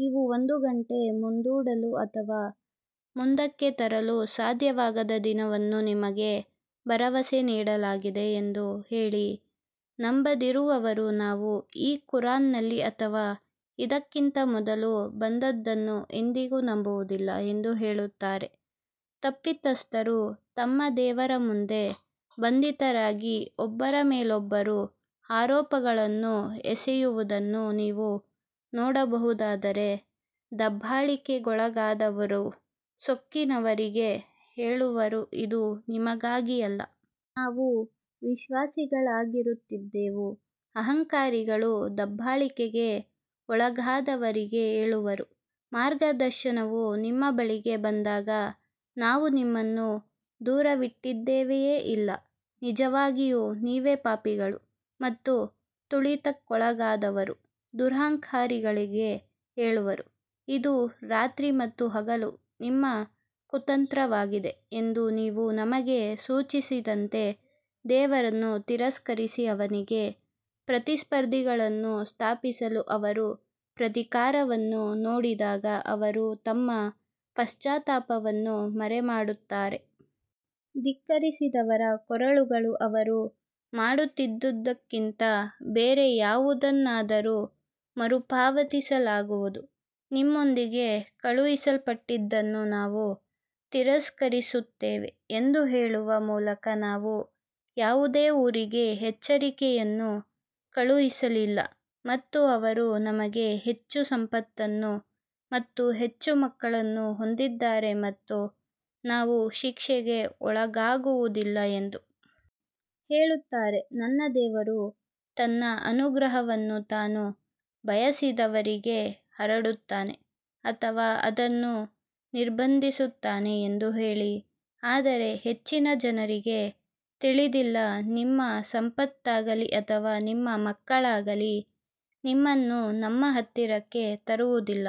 ನೀವು ಒಂದು ಗಂಟೆ ಮುಂದೂಡಲು ಅಥವಾ ಮುಂದಕ್ಕೆ ತರಲು ಸಾಧ್ಯವಾಗದ ದಿನವನ್ನು ನಿಮಗೆ ಭರವಸೆ ನೀಡಲಾಗಿದೆ ಎಂದು ಹೇಳಿ ನಂಬದಿರುವವರು ನಾವು ಈ ಕುರಾನ್ನಲ್ಲಿ ಅಥವಾ ಇದಕ್ಕಿಂತ ಮೊದಲು ಬಂದದ್ದನ್ನು ಎಂದಿಗೂ ನಂಬುವುದಿಲ್ಲ ಎಂದು ಹೇಳುತ್ತಾರೆ, ತಪ್ಪಿತಸ್ಥರು ತಮ್ಮ ದೇವರ ಮುಂದೆ ಬಂಧಿತರಾಗಿ ಒಬ್ಬರ ಮೇಲೊಬ್ಬರು ಆರೋಪಗಳನ್ನು ಎಸೆಯುವುದನ್ನು ನೀವು ನೋಡಬಹುದಾದರೆ, ದಬ್ಬಾಳಿಕೆಗೊಳಗಾದವರು ಸೊಕ್ಕಿನವರಿಗೆ ಹೇಳುವರು ಇದು ನಿಮಗಾಗಿ ಅಲ್ಲ. ನಾವು ವಿಶ್ವಾಸಿಗಳಾಗಿರುತ್ತಿದ್ದೆವು ಅಹಂಕಾರಿಗಳು ದಬ್ಬಾಳಿಕೆಗೆ ಒಳಗಾದವರಿಗೆ ಹೇಳುವರು, ಮಾರ್ಗದರ್ಶನವು ನಿಮ್ಮ ಬಳಿಗೆ ಬಂದಾಗ ನಾವು ನಿಮ್ಮನ್ನು ದೂರವಿಟ್ಟಿದ್ದೇವೆಯೇ ಇಲ್ಲ ನಿಜವಾಗಿಯೂ ನೀವೇ ಪಾಪಿಗಳು ಮತ್ತು ತುಳಿತಕ್ಕೊಳಗಾದವರು ದುರಹಂಕಾರಿಗಳಿಗೆ ಹೇಳುವರು, ಇದು ರಾತ್ರಿ ಮತ್ತು ಹಗಲು ನಿಮ್ಮ ಕುತಂತ್ರವಾಗಿದೆ ಎಂದು ನೀವು ನಮಗೆ ಸೂಚಿಸಿದಂತೆ ದೇವರನ್ನು ತಿರಸ್ಕರಿಸಿ ಅವನಿಗೆ ಪ್ರತಿಸ್ಪರ್ಧಿಗಳನ್ನು ಸ್ಥಾಪಿಸಲು ಅವರು ಪ್ರತೀಕಾರವನ್ನು ನೋಡಿದಾಗ ಅವರು ತಮ್ಮ ಪಶ್ಚಾತ್ತಾಪವನ್ನು ಮರೆಮಾಡುತ್ತಾರೆ. ಧಿಕ್ಕರಿಸಿದವರ ಕೊರಳುಗಳು ಅವರು ಮಾಡುತ್ತಿದ್ದುದಕ್ಕಿಂತ ಬೇರೆ ಯಾವುದನ್ನಾದರೂ ಮರುಪಾವತಿಸಲಾಗುವುದು ನಿಮ್ಮೊಂದಿಗೆ ಕಳುಹಿಸಲ್ಪಟ್ಟಿದ್ದನ್ನು ನಾವು ತಿರಸ್ಕರಿಸುತ್ತೇವೆ ಎಂದು ಹೇಳುವ ಮೂಲಕ ನಾವು ಯಾವುದೇ ಊರಿಗೆ ಎಚ್ಚರಿಕೆಯನ್ನು ಕಳುಹಿಸಲಿಲ್ಲ ಮತ್ತು ಅವರು ನಮಗೆ ಹೆಚ್ಚು ಸಂಪತ್ತು ಮತ್ತು ಹೆಚ್ಚು ಮಕ್ಕಳನ್ನು ಹೊಂದಿದ್ದಾರೆ ಮತ್ತು ನಾವು ಶಿಕ್ಷೆಗೆ ಒಳಗಾಗುವುದಿಲ್ಲ ಎಂದು ಹೇಳುತ್ತಾರೆ ನನ್ನ ದೇವರು ತನ್ನ ಅನುಗ್ರಹವನ್ನು ತಾನು ಬಯಸಿದವರಿಗೆ ಹರಡುತ್ತಾನೆ ಅಥವಾ ಅದನ್ನು ನಿರ್ಬಂಧಿಸುತ್ತಾನೆ ಎಂದು ಹೇಳಿ ಆದರೆ ಹೆಚ್ಚಿನ ಜನರಿಗೆ ತಿಳಿದಿಲ್ಲ ನಿಮ್ಮ ಸಂಪತ್ತಾಗಲಿ ಅಥವಾ ನಿಮ್ಮ ಮಕ್ಕಳಾಗಲಿ ನಿಮ್ಮನ್ನು ನಮ್ಮ ಹತ್ತಿರಕ್ಕೆ ತರುವುದಿಲ್ಲ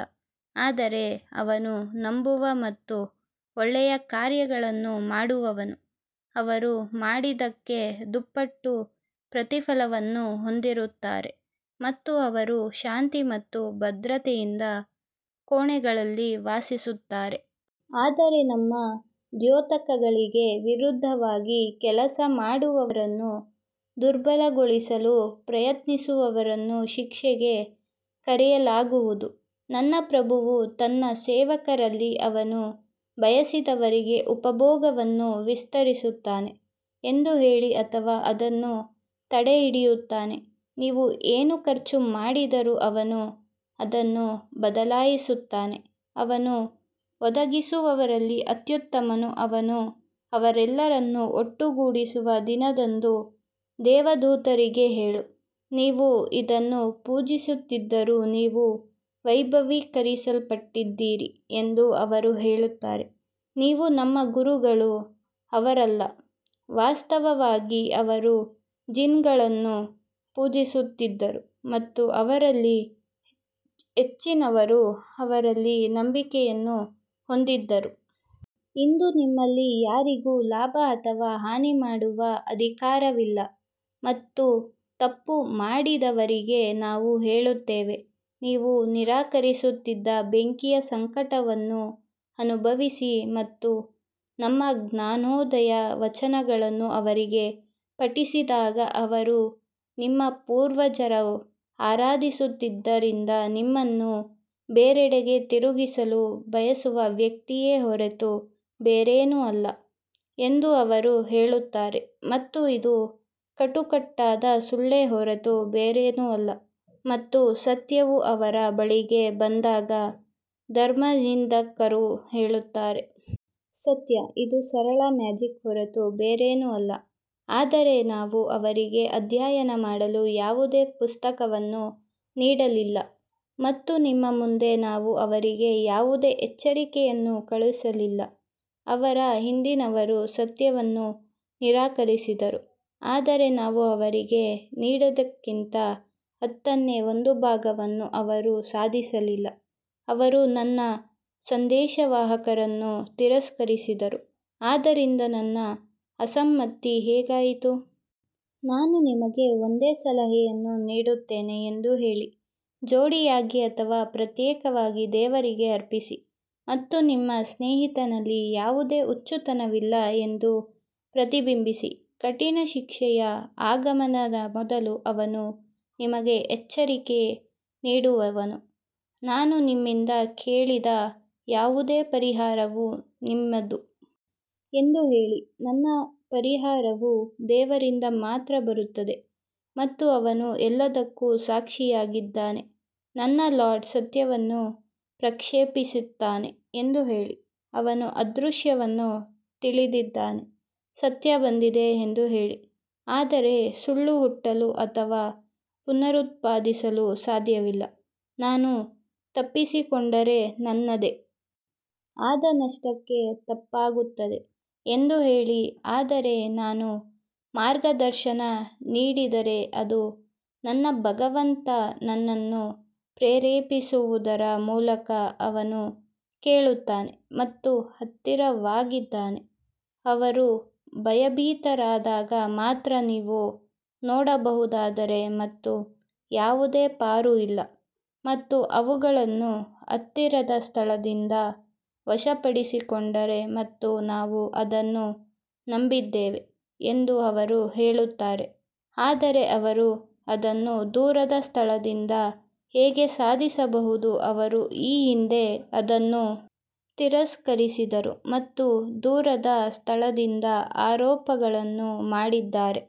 ಆದರೆ ಅವನು ನಂಬುವ ಮತ್ತು ಒಳ್ಳೆಯ ಕಾರ್ಯಗಳನ್ನು ಮಾಡುವವನು ಅವರು ಮಾಡಿದ್ದಕ್ಕೆ ದುಪ್ಪಟ್ಟು ಪ್ರತಿಫಲವನ್ನು ಹೊಂದಿರುತ್ತಾರೆ ಮತ್ತು ಅವರು ಶಾಂತಿ ಮತ್ತು ಭದ್ರತೆಯಿಂದ ಕೋಣೆಗಳಲ್ಲಿ ವಾಸಿಸುತ್ತಾರೆ. ಆದರೆ ನಮ್ಮ ದ್ಯೋತಕಗಳಿಗೆ ವಿರುದ್ಧವಾಗಿ ಕೆಲಸ ಮಾಡುವವರನ್ನು ದುರ್ಬಲಗೊಳಿಸಲು ಪ್ರಯತ್ನಿಸುವವರನ್ನು ಶಿಕ್ಷೆಗೆ ಕರೆಯಲಾಗುವುದು ನನ್ನ ಪ್ರಭುವು ತನ್ನ ಸೇವಕರಲ್ಲಿ ಅವನು ಬಯಸಿದವರಿಗೆ ಉಪಭೋಗವನ್ನು ವಿಸ್ತರಿಸುತ್ತಾನೆ ಎಂದು ಹೇಳಿ ಅಥವಾ ಅದನ್ನು ತಡೆಹಿಡಿಯುತ್ತಾನೆ ನೀವು ಏನು ಖರ್ಚು ಮಾಡಿದರೂ ಅವನು ಅದನ್ನು ಬದಲಾಯಿಸುತ್ತಾನೆ ಅವನು ಒದಗಿಸುವವರಲ್ಲಿ ಅತ್ಯುತ್ತಮನು ಅವನು ಅವರೆಲ್ಲರನ್ನೂ ಒಟ್ಟುಗೂಡಿಸುವ ದಿನದಂದು ದೇವದೂತರಿಗೆ ಹೇಳು, ನೀವು ಇದನ್ನು ಪೂಜಿಸುತ್ತಿದ್ದರು ನೀವು ವೈಭವೀಕರಿಸಲ್ಪಟ್ಟಿದ್ದೀರಿ ಎಂದು ಅವರು ಹೇಳುತ್ತಾರೆ, ನೀವು ನಮ್ಮ ಗುರುಗಳು ಅವರಲ್ಲ, ವಾಸ್ತವವಾಗಿ ಅವರು ಜಿನ್ಗಳನ್ನು ಪೂಜಿಸುತ್ತಿದ್ದರು ಮತ್ತು ಅವರಲ್ಲಿ ಹೆಚ್ಚಿನವರು ಅವರಲ್ಲಿ ನಂಬಿಕೆಯನ್ನು ಹೊಂದಿದ್ದರು. ಇಂದು ನಿಮ್ಮಲ್ಲಿ ಯಾರಿಗೂ ಲಾಭ ಅಥವಾ ಹಾನಿ ಮಾಡುವ ಅಧಿಕಾರವಿಲ್ಲ ಮತ್ತು ತಪ್ಪು ಮಾಡಿದವರಿಗೆ ನಾವು ಹೇಳುತ್ತೇವೆ, ನೀವು ನಿರಾಕರಿಸುತ್ತಿದ್ದ ಬೆಂಕಿಯ ಸಂಕಟವನ್ನು ಅನುಭವಿಸಿ ಮತ್ತು ನಮ್ಮ ಜ್ಞಾನೋದಯ ವಚನಗಳನ್ನು ಅವರಿಗೆ ಪಠಿಸಿದಾಗ ಅವರು ನಿಮ್ಮ ಪೂರ್ವಜರು ಆರಾಧಿಸುತ್ತಿದ್ದರಿಂದ ನಿಮ್ಮನ್ನು ಬೇರೆಡೆಗೆ ತಿರುಗಿಸಲು ಬಯಸುವ ವ್ಯಕ್ತಿಯೇ ಹೊರತು ಬೇರೇನೂ ಅಲ್ಲ ಎಂದು ಅವರು ಹೇಳುತ್ತಾರೆ ಮತ್ತು ಇದು ಕಟ್ಟುಕಟ್ಟಾದ ಸುಳ್ಳೇ ಹೊರತು ಬೇರೇನೂ ಅಲ್ಲ ಮತ್ತು ಸತ್ಯವು ಅವರ ಬಳಿಗೆ ಬಂದಾಗ ಧರ್ಮನಿಂದಕರು ಹೇಳುತ್ತಾರೆ. ಸತ್ಯ ಇದು ಸರಳ ಮ್ಯಾಜಿಕ್ ಹೊರತು ಬೇರೇನೂ ಅಲ್ಲ ಆದರೆ ನಾವು ಅವರಿಗೆ ಅಧ್ಯಯನ ಮಾಡಲು ಯಾವುದೇ ಪುಸ್ತಕವನ್ನು ನೀಡಲಿಲ್ಲ ಮತ್ತು ನಿಮ್ಮ ಮುಂದೆ ನಾವು ಅವರಿಗೆ ಯಾವುದೇ ಎಚ್ಚರಿಕೆಯನ್ನು ಕಳುಹಿಸಲಿಲ್ಲ ಅವರ ಹಿಂದಿನವರೂ ಸತ್ಯವನ್ನು ನಿರಾಕರಿಸಿದರು, ಆದರೆ ನಾವು ಅವರಿಗೆ ನೀಡಿದ್ದಕ್ಕಿಂತ ಹತ್ತನೇ ಒಂದು ಭಾಗವನ್ನು ಅವರು ಸಾಧಿಸಲಿಲ್ಲ, ಅವರು ನನ್ನ ಸಂದೇಶವಾಹಕರನ್ನು ತಿರಸ್ಕರಿಸಿದರು, ಆದ್ದರಿಂದ ನನ್ನ ಅಸಮ್ಮತಿ ಹೇಗಾಯಿತು? ನಾನು ನಿಮಗೆ ಒಂದೇ ಸಲಹೆಯನ್ನು ನೀಡುತ್ತೇನೆ ಎಂದು ಹೇಳಿ, ಜೋಡಿಯಾಗಿ ಅಥವಾ ಪ್ರತ್ಯೇಕವಾಗಿ ದೇವರಿಗೆ ಅರ್ಪಿಸಿ ಮತ್ತು ನಿಮ್ಮ ಸ್ನೇಹಿತನಲ್ಲಿ ಯಾವುದೇ ಹುಚ್ಚುತನವಿಲ್ಲ ಎಂದು ಪ್ರತಿಬಿಂಬಿಸಿ ಕಠಿಣ ಶಿಕ್ಷೆಯ ಆಗಮನದ ಮೊದಲು ಅವನು ನಿಮಗೆ ಎಚ್ಚರಿಕೆ ನೀಡುವವನು ನಾನು ನಿಮ್ಮಿಂದ ಕೇಳಿದ ಯಾವುದೇ ಪರಿಹಾರವು ನಿಮ್ಮದು ಎಂದು ಹೇಳಿ ನನ್ನ ಪರಿಹಾರವು ದೇವರಿಂದ ಮಾತ್ರ ಬರುತ್ತದೆ ಮತ್ತು ಅವನು ಎಲ್ಲದಕ್ಕೂ ಸಾಕ್ಷಿಯಾಗಿದ್ದಾನೆ ನನ್ನ ಲಾರ್ಡ್ ಸತ್ಯವನ್ನು ಪ್ರಕ್ಷೇಪಿಸುತ್ತಾನೆ ಎಂದು ಹೇಳಿ, ಅವನು ಅದೃಶ್ಯವನ್ನು ತಿಳಿದಿದ್ದಾನೆ ಸತ್ಯ ಬಂದಿದೆ ಎಂದು ಹೇಳಿ, ಆದರೆ ಸುಳ್ಳು ಹುಟ್ಟಲು ಅಥವಾ ಪುನರುತ್ಪಾದಿಸಲು ಸಾಧ್ಯವಿಲ್ಲ ನಾನು ತಪ್ಪಿಸಿಕೊಂಡರೆ ನನ್ನದೇ ಆದ ನಷ್ಟಕ್ಕೆ ತಪ್ಪಾಗುತ್ತದೆ ಎಂದು ಹೇಳಿ ಆದರೆ ನಾನು ಮಾರ್ಗದರ್ಶನ ನೀಡಿದರೆ ಅದು ನನ್ನ ಭಗವಂತ ನನ್ನನ್ನು ಪ್ರೇರೇಪಿಸುವುದರ ಮೂಲಕ ಅವನು ಕೇಳುತ್ತಾನೆ ಮತ್ತು ಹತ್ತಿರವಾಗಿದ್ದಾನೆ ಅವರು ಭಯಭೀತರಾದಾಗ ಮಾತ್ರ ನೀವು ನೋಡಬಹುದಾದರೆ ಮತ್ತು ಯಾವುದೇ ಪಾರು ಇಲ್ಲ ಮತ್ತು ಅವುಗಳನ್ನು ಹತ್ತಿರದ ಸ್ಥಳದಿಂದ ವಶಪಡಿಸಿಕೊಂಡರೆ ಮತ್ತು ನಾವು ಅದನ್ನು ನಂಬಿದ್ದೇವೆ ಎಂದು ಅವರು ಹೇಳುತ್ತಾರೆ ಆದರೆ ಅವರು ಅದನ್ನು ದೂರದ ಸ್ಥಳದಿಂದ ಹೇಗೆ ಸಾಧಿಸಬಹುದು ಅವರು ಈ ಹಿಂದೆ ಅದನ್ನು ತಿರಸ್ಕರಿಸಿದರು ಮತ್ತು ದೂರದ ಸ್ಥಳದಿಂದ ಆರೋಪಗಳನ್ನು ಮಾಡಿದ್ದಾರೆ.